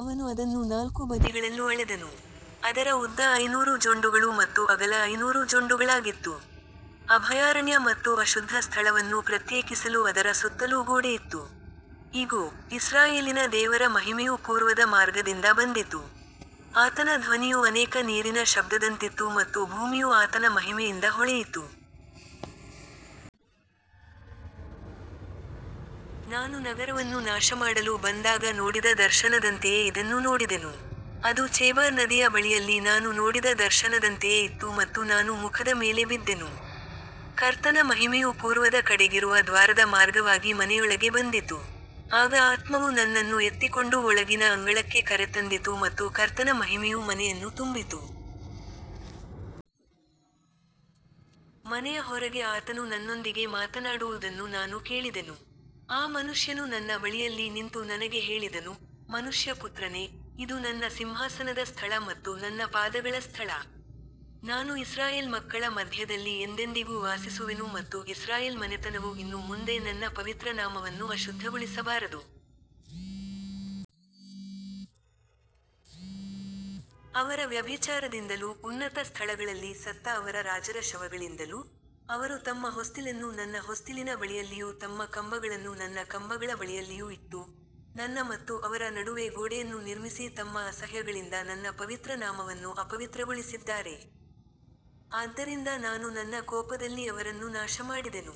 ಅವನು ಅದನ್ನು ನಾಲ್ಕು ಬದಿಗಳಲ್ಲೂ ಅಳೆದನು. ಅದರ ಉದ್ದ ಐನೂರು ಜೊಂಡುಗಳು ಮತ್ತು ಅಗಲ ಐನೂರು ಜೊಂಡುಗಳಾಗಿತ್ತು. ಅಭಯಾರಣ್ಯ ಮತ್ತು ಅಶುದ್ಧ ಸ್ಥಳವನ್ನು ಪ್ರತ್ಯೇಕಿಸಲು ಅದರ ಸುತ್ತಲೂ ಗೋಡೆಯಿತ್ತು. ಇಗೋ, ಇಸ್ರಾಯೇಲಿನ ದೇವರ ಮಹಿಮೆಯು ಪೂರ್ವದ ಮಾರ್ಗದಿಂದ ಬಂದಿತು. ಆತನ ಧ್ವನಿಯು ಅನೇಕ ನೀರಿನ ಶಬ್ದದಂತಿತ್ತು ಮತ್ತು ಭೂಮಿಯು ಆತನ ಮಹಿಮೆಯಿಂದ ಹೊಳೆಯಿತು. ನಾನು ನಗರವನ್ನು ನಾಶಮಾಡಲು ಬಂದಾಗ ನೋಡಿದ ದರ್ಶನದಂತೆಯೇ ಇದನ್ನೂ ನೋಡಿದೆನು. ಅದು ಚೇಬಾರ್ ನದಿಯ ಬಳಿಯಲ್ಲಿ ನಾನು ನೋಡಿದ ದರ್ಶನದಂತೆಯೇ ಇತ್ತು ಮತ್ತು ನಾನು ಮುಖದ ಮೇಲೆ ಬಿದ್ದೆನು. ಕರ್ತನ ಮಹಿಮೆಯು ಪೂರ್ವದ ಕಡೆಗಿರುವ ದ್ವಾರದ ಮಾರ್ಗವಾಗಿ ಮನೆಯೊಳಗೆ ಬಂದಿತು. ಆಗ ಆತ್ಮವು ನನ್ನನ್ನು ಎತ್ತಿಕೊಂಡು ಒಳಗಿನ ಅಂಗಳಕ್ಕೆ ಕರೆತಂದಿತು ಮತ್ತು ಕರ್ತನ ಮಹಿಮೆಯು ಮನೆಯನ್ನು ತುಂಬಿತು. ಮನೆಯ ಹೊರಗೆ ಆತನು ನನ್ನೊಂದಿಗೆ ಮಾತನಾಡುವುದನ್ನು ನಾನು ಕೇಳಿದೆನು. ಆ ಮನುಷ್ಯನು ನನ್ನ ಬಳಿಯಲ್ಲಿ ನಿಂತು ನನಗೆ ಹೇಳಿದನು, ಮನುಷ್ಯಪುತ್ರನೇ, ಇದು ನನ್ನ ಸಿಂಹಾಸನದ ಸ್ಥಳ ಮತ್ತು ನನ್ನ ಪಾದಗಳ ಸ್ಥಳ. ನಾನು ಇಸ್ರಾಯೇಲ್ ಮಕ್ಕಳ ಮಧ್ಯದಲ್ಲಿ ಎಂದೆಂದಿಗೂ ವಾಸಿಸುವೆನು ಮತ್ತು ಇಸ್ರಾಯೇಲ್ ಮನೆತನವು ಇನ್ನು ಮುಂದೆ ನನ್ನ ಪವಿತ್ರ ನಾಮವನ್ನು ಅಶುದ್ಧಗೊಳಿಸಬಾರದು. ಅವರ ವ್ಯಭಿಚಾರದಿಂದಲೂ, ಉನ್ನತ ಸ್ಥಳಗಳಲ್ಲಿ ಸತ್ತ ಅವರ ರಾಜರ ಶವಗಳಿಂದಲೂ, ಅವರು ತಮ್ಮ ಹೊಸ್ತಿಲನ್ನು ನನ್ನ ಹೊಸ್ತಿಲಿನ ಬಳಿಯಲ್ಲಿಯೂ ತಮ್ಮ ಕಂಬಗಳನ್ನು ನನ್ನ ಕಂಬಗಳ ಬಳಿಯಲ್ಲಿಯೂ ಇಟ್ಟು, ನನ್ನ ಮತ್ತು ಅವರ ನಡುವೆ ಗೋಡೆಯನ್ನು ನಿರ್ಮಿಸಿ ತಮ್ಮ ಅಸಹ್ಯಗಳಿಂದ ನನ್ನ ಪವಿತ್ರ ನಾಮವನ್ನು ಅಪವಿತ್ರಗೊಳಿಸಿದ್ದಾರೆ. ಆದ್ದರಿಂದ ನಾನು ನನ್ನ ಕೋಪದಲ್ಲಿ ಅವರನ್ನು ನಾಶಮಾಡಿದೆನು.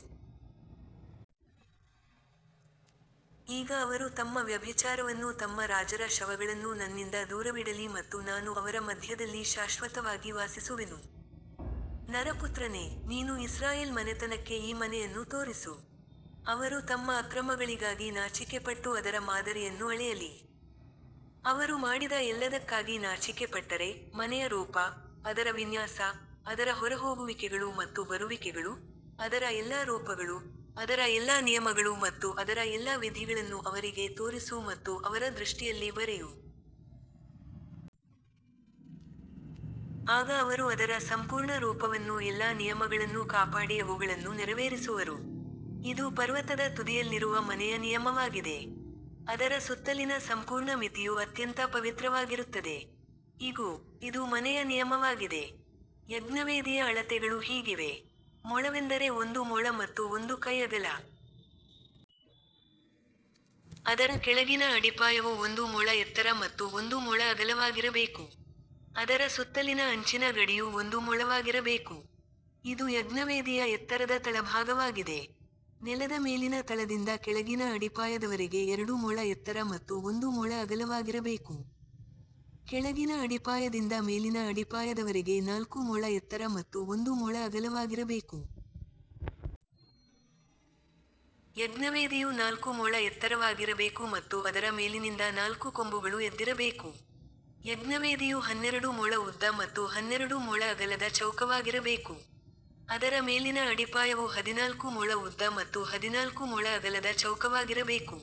ಈಗ ಅವರು ತಮ್ಮ ವ್ಯಭಿಚಾರವನ್ನೂ ತಮ್ಮ ರಾಜರ ಶವಗಳನ್ನೂ ನನ್ನಿಂದ ದೂರವಿಡಲಿ ಮತ್ತು ನಾನು ಅವರ ಮಧ್ಯದಲ್ಲಿ ಶಾಶ್ವತವಾಗಿ ವಾಸಿಸುವೆನು. ನರಪುತ್ರನೇ, ನೀನು ಇಸ್ರಾಯೇಲ್ ಮನೆತನಕ್ಕೆ ಈ ಮನೆಯನ್ನು ತೋರಿಸು. ಅವರು ತಮ್ಮ ಅಕ್ರಮಗಳಿಗಾಗಿ ನಾಚಿಕೆಪಟ್ಟು ಅದರ ಮಾದರಿಯನ್ನು ಅಳೆಯಲಿ. ಅವರು ಮಾಡಿದ ಎಲ್ಲದಕ್ಕಾಗಿ ನಾಚಿಕೆಪಟ್ಟರೆ, ಮನೆಯ ರೂಪ, ಅದರ ವಿನ್ಯಾಸ, ಅದರ ಹೊರಹೋಗುವಿಕೆಗಳು ಮತ್ತು ಬರುವಿಕೆಗಳು, ಅದರ ಎಲ್ಲಾ ರೂಪಗಳು, ಅದರ ಎಲ್ಲಾ ನಿಯಮಗಳು ಮತ್ತು ಅದರ ಎಲ್ಲಾ ವಿಧಿಗಳನ್ನು ಅವರಿಗೆ ತೋರಿಸು ಮತ್ತು ಅವರ ದೃಷ್ಟಿಯಲ್ಲಿ ಬರೆಯು. ಆಗ ಅವರು ಅದರ ಸಂಪೂರ್ಣ ರೂಪವನ್ನೂ ಎಲ್ಲಾ ನಿಯಮಗಳನ್ನೂ ಕಾಪಾಡಿ ಅವುಗಳನ್ನು ನೆರವೇರಿಸುವರು. ಇದು ಪರ್ವತದ ತುದಿಯಲ್ಲಿರುವ ಮನೆಯ ನಿಯಮವಾಗಿದೆ. ಅದರ ಸುತ್ತಲಿನ ಸಂಪೂರ್ಣ ಮಿತಿಯು ಅತ್ಯಂತ ಪವಿತ್ರವಾಗಿರುತ್ತದೆ. ಇಗೋ, ಇದು ಮನೆಯ ನಿಯಮವಾಗಿದೆ. ಯಜ್ಞವೇದಿಯ ಅಳತೆಗಳು ಹೀಗಿವೆ. ಮೊಳವೆಂದರೆ ಒಂದು ಮೊಳ ಮತ್ತು ಒಂದು ಕೈ ಅಗಲ. ಅದರ ಕೆಳಗಿನ ಅಡಿಪಾಯವು ಒಂದು ಮೊಳ ಎತ್ತರ ಮತ್ತು ಒಂದು ಮೊಳ ಅಗಲವಾಗಿರಬೇಕು. ಅದರ ಸುತ್ತಲಿನ ಅಂಚಿನ ಗಡಿಯು ಒಂದು ಮೊಳವಾಗಿರಬೇಕು. ಇದು ಯಜ್ಞವೇದಿಯ ಎತ್ತರದ ತಳಭಾಗವಾಗಿದೆ. ನೆಲದ ಮೇಲಿನ ತಳದಿಂದ ಕೆಳಗಿನ ಅಡಿಪಾಯದವರೆಗೆ ಎರಡು ಮೊಳ ಎತ್ತರ ಮತ್ತು ಒಂದು ಮೊಳ ಅಗಲವಾಗಿರಬೇಕು. ಕೆಳಗಿನ ಅಡಿಪಾಯದಿಂದ ಮೇಲಿನ ಅಡಿಪಾಯದವರೆಗೆ ನಾಲ್ಕು ಮೊಳ ಎತ್ತರ ಮತ್ತು ಒಂದು ಮೊಳ ಅಗಲವಾಗಿರಬೇಕು. ಯಜ್ಞವೇದಿಯು ನಾಲ್ಕು ಮೊಳ ಎತ್ತರವಾಗಿರಬೇಕು ಮತ್ತು ಅದರ ಮೇಲಿನಿಂದ ನಾಲ್ಕು ಕೊಂಬುಗಳು ಎದ್ದಿರಬೇಕು. ಯಜ್ಞವೇದಿಯು ಹನ್ನೆರಡು ಮೊಳ ಉದ್ದ ಮತ್ತು ಹನ್ನೆರಡು ಮೊಳ ಅಗಲದ ಚೌಕವಾಗಿರಬೇಕು. ಅದರ ಮೇಲಿನ ಅಡಿಪಾಯವು ಹದಿನಾಲ್ಕು ಮೊಳ ಉದ್ದ ಮತ್ತು ಹದಿನಾಲ್ಕು ಮೊಳ ಅಗಲದ ಚೌಕವಾಗಿರಬೇಕು.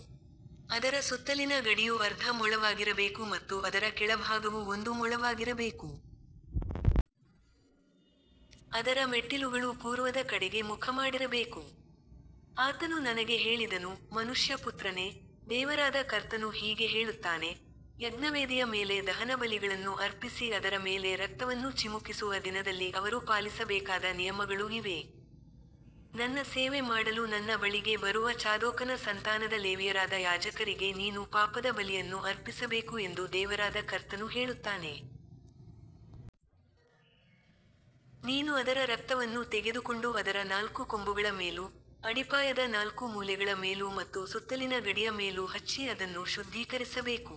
ಅದರ ಸುತ್ತಲಿನ ಗಡಿಯು ಅರ್ಧ ಮೊಳವಾಗಿರಬೇಕು ಮತ್ತು ಅದರ ಕೆಳಭಾಗವು ಒಂದು ಮೊಳವಾಗಿರಬೇಕು. ಅದರ ಮೆಟ್ಟಿಲುಗಳು ಪೂರ್ವದ ಕಡೆಗೆ ಮುಖಮಾಡಿರಬೇಕು. ಆತನು ನನಗೆ ಹೇಳಿದನು, ಮನುಷ್ಯಪುತ್ರನೇ, ದೇವರಾದ ಕರ್ತನು ಹೀಗೆ ಹೇಳುತ್ತಾನೆ, ಯಜ್ಞವೇದಿಯ ಮೇಲೆ ದಹನಬಲಿಗಳನ್ನು ಅರ್ಪಿಸಿ ಅದರ ಮೇಲೆ ರಕ್ತವನ್ನು ಚಿಮುಕಿಸುವ ದಿನದಲ್ಲಿ ಅವರು ಪಾಲಿಸಬೇಕಾದ ನಿಯಮಗಳು ಇವೇ. ನನ್ನ ಸೇವೆ ಮಾಡಲು ನನ್ನ ಬಳಿಗೆ ಬರುವ ಚಾದೋಕನ ಸಂತಾನದ ಲೇವಿಯರಾದ ಯಾಜಕರಿಗೆ ನೀನು ಪಾಪದ ಬಲಿಯನ್ನು ಅರ್ಪಿಸಬೇಕು ಎಂದು ದೇವರಾದ ಕರ್ತನು ಹೇಳುತ್ತಾನೆ. ನೀನು ಅದರ ರಕ್ತವನ್ನು ತೆಗೆದುಕೊಂಡು ಅದರ ನಾಲ್ಕು ಕೊಂಬುಗಳ ಮೇಲೂ, ಅಡಿಪಾಯದ ನಾಲ್ಕು ಮೂಲೆಗಳ ಮೇಲೂ ಮತ್ತು ಸುತ್ತಲಿನ ಗಡಿಯ ಮೇಲೂ ಹಚ್ಚಿ ಅದನ್ನು ಶುದ್ಧೀಕರಿಸಬೇಕು.